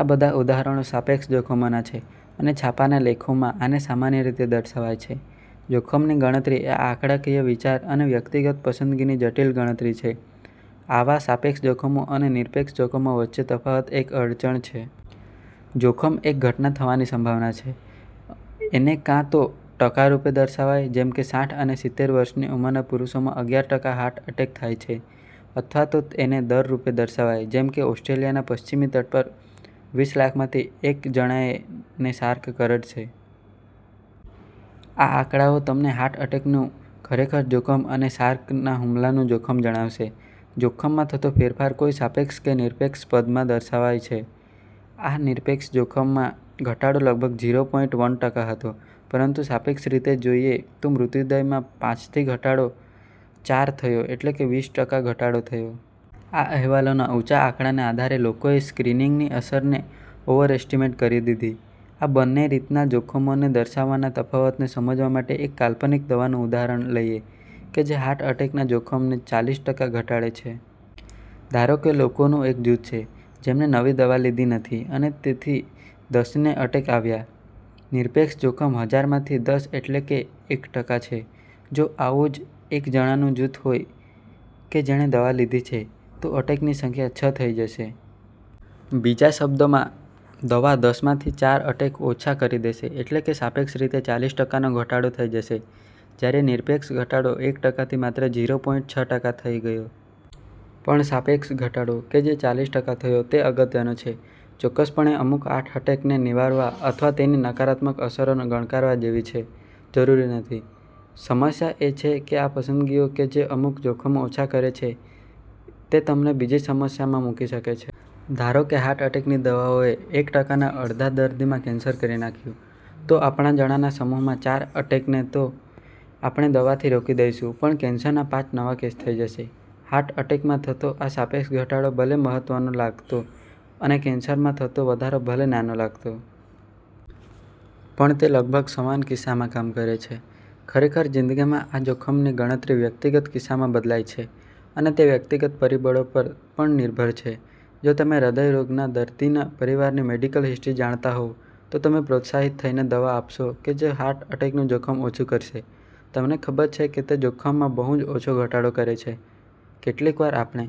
આ બધાં ઉદાહરણો સાપેક્ષ જોખમોનાં છે, અને છાપાનાં લેખોમાં આને સામાન્ય રીતે દર્શાવાય છે. જોખમની ગણતરી એ આંકડાકીય વિચાર અને વ્યક્તિગત પસંદગીની જટિલ ગણતરી છે. આવાં સાપેક્ષ જોખમો અને નિરપેક્ષ જોખમો વચ્ચેનો તફાવત એક અડચણ છે. જોખમ એક ઘટના થવાની સંભાવના છે. એને કાં તો ટકા રૂપે દર્શાવાય-- જેમકે સાઠ અને સિત્તેર વર્ષની ઉંમરના પુરુષોમાં અગિયાર ટકા હાર્ટ અટેક થાય છે. અથવા તો એને દર રૂપે દર્શાવાય- જેમકે ઑસ્ટ્રેલિયાના પશ્ચિમી તટ પર વીસ લાખમાંથી એક જણાને શાર્ક કરડશે. આ આંકડાઓ તમને હાર્ટ અટેકનું ખરેખર જોખમ અને શાર્કના હુમલાનું જોખમ જણાવશે. જોખમમાં થતો ફેરફાર કોઈ સાપેક્ષ કે નિરપેક્ષ પદમાં દર્શાવાય છે. આ નિરપેક્ષ જોખમમાં ઘટાડો લગભગ ઝીરો પોઈન્ટ વન ટકા હતો. પરંતુ સાપેક્ષ રીતે જોઈએ તો મૃત્યુદર માં પાંચ થી ઘટાડો ચાર થયો એટલે કે વીસ ટકા ઘટાડો થયો. આ અહેવાલોના ઉંચા આંકડાને આધારે લોકોએ સ્ક્રીનિંગની અસરને ઓવરએસ્ટિમેટ કરી દીધી. આ બંને રીતના જોખમોને દર્શાવવાના તફાવતને સમજવા માટે એક કાલ્પનિક દવાનું ઉદાહરણ લઈએ કે જે હાર્ટ એટેકના જોખમને ચાલીસ ટકા ઘટાડે છે. ધારો કે લોકોનું એક જૂથ છે, જેમને નવી દવા લીધી નથી અને તેથી દસ ને અટેક આવ્યા. નિરપેક્ષ જોખમ હજાર માં થી દસ એટલે કે એક ટકા છે. જો એવું જ એક જણાનું જૂથ હોય કે જેણે દવા લીધી છે તો અટેકની સંખ્યા છ થઇ જશે. બીજા શબ્દોમાં, દવા દસ માં થી ચાર અટેક ઓછા કરી દેશે; એટલે કે સાપેક્ષ રીતે ચાલીસ ટકા નો ઘટાડો થઇ જશે. જ્યારે, નિરપેક્ષ ઘટાડો એક ટકા થી માત્ર ઝીરો પોઈન્ટ છ ટકા થઇ ગયો. પણ સાપેક્ષ ઘટાડો કે જે ચાલીસ ટકા થયો તે અગત્યનો છે. ચોક્કસપણે અમુક હાર્ટ એટેકને નિવારવા અથવા તેની નકારાત્મક અસરો ગણકારવા જેવી છે? જરૂરી નથી. સમસ્યા એ છે કે આ પસંદગીઓ કે જે અમુક જોખમો ઓછા કરે છે તે તમને બીજી સમસ્યામાં મૂકી શકે છે. ધારોકે હાર્ટ અટેકની દવાઓએ એક ટકા ના અડધાં દર્દીમાં કેન્સર કરી નાખ્યું. તો આપણા જણાનાં સમૂહમાં ચાર એટેકને તો આપણે દવાથી રોકી દઈશું પણ કેન્સરના પાંચ નવા કેસ થઇ જશે. હાર્ટ એટેકમાં થતો આ સાપેક્ષ ઘટાડો ભલે મહત્વનો લાગતો અને કેન્સરમાં થતો વધારો ભલે નાનો લાગતો. પણ તે લગભગ સમાન કિસ્સામાં કામ કરે છે. ખરેખર જિંદગીમાં આ જોખમની ગણતરી વ્યક્તિગત કિસ્સામાં બદલાય છે અને તે વ્યકિગત પરિબળો પર પણ નિર્ભર છે. જો તમે હ્ર્દય રોગના દર્દીના પરિવારની મેડિકલ હિસ્ટ્રી જાણતા હોવ તો તમે પ્રોત્સાહિત થઈને દવા આપશો કે જે હાર્ટ એટેકનું જોખમ ઓછું કરશે, તમને ખબર છે કે તે જોખમમાં બહુ જ ઓછો ઘટાડો કરે છે. કેટલીક વાર, આપણે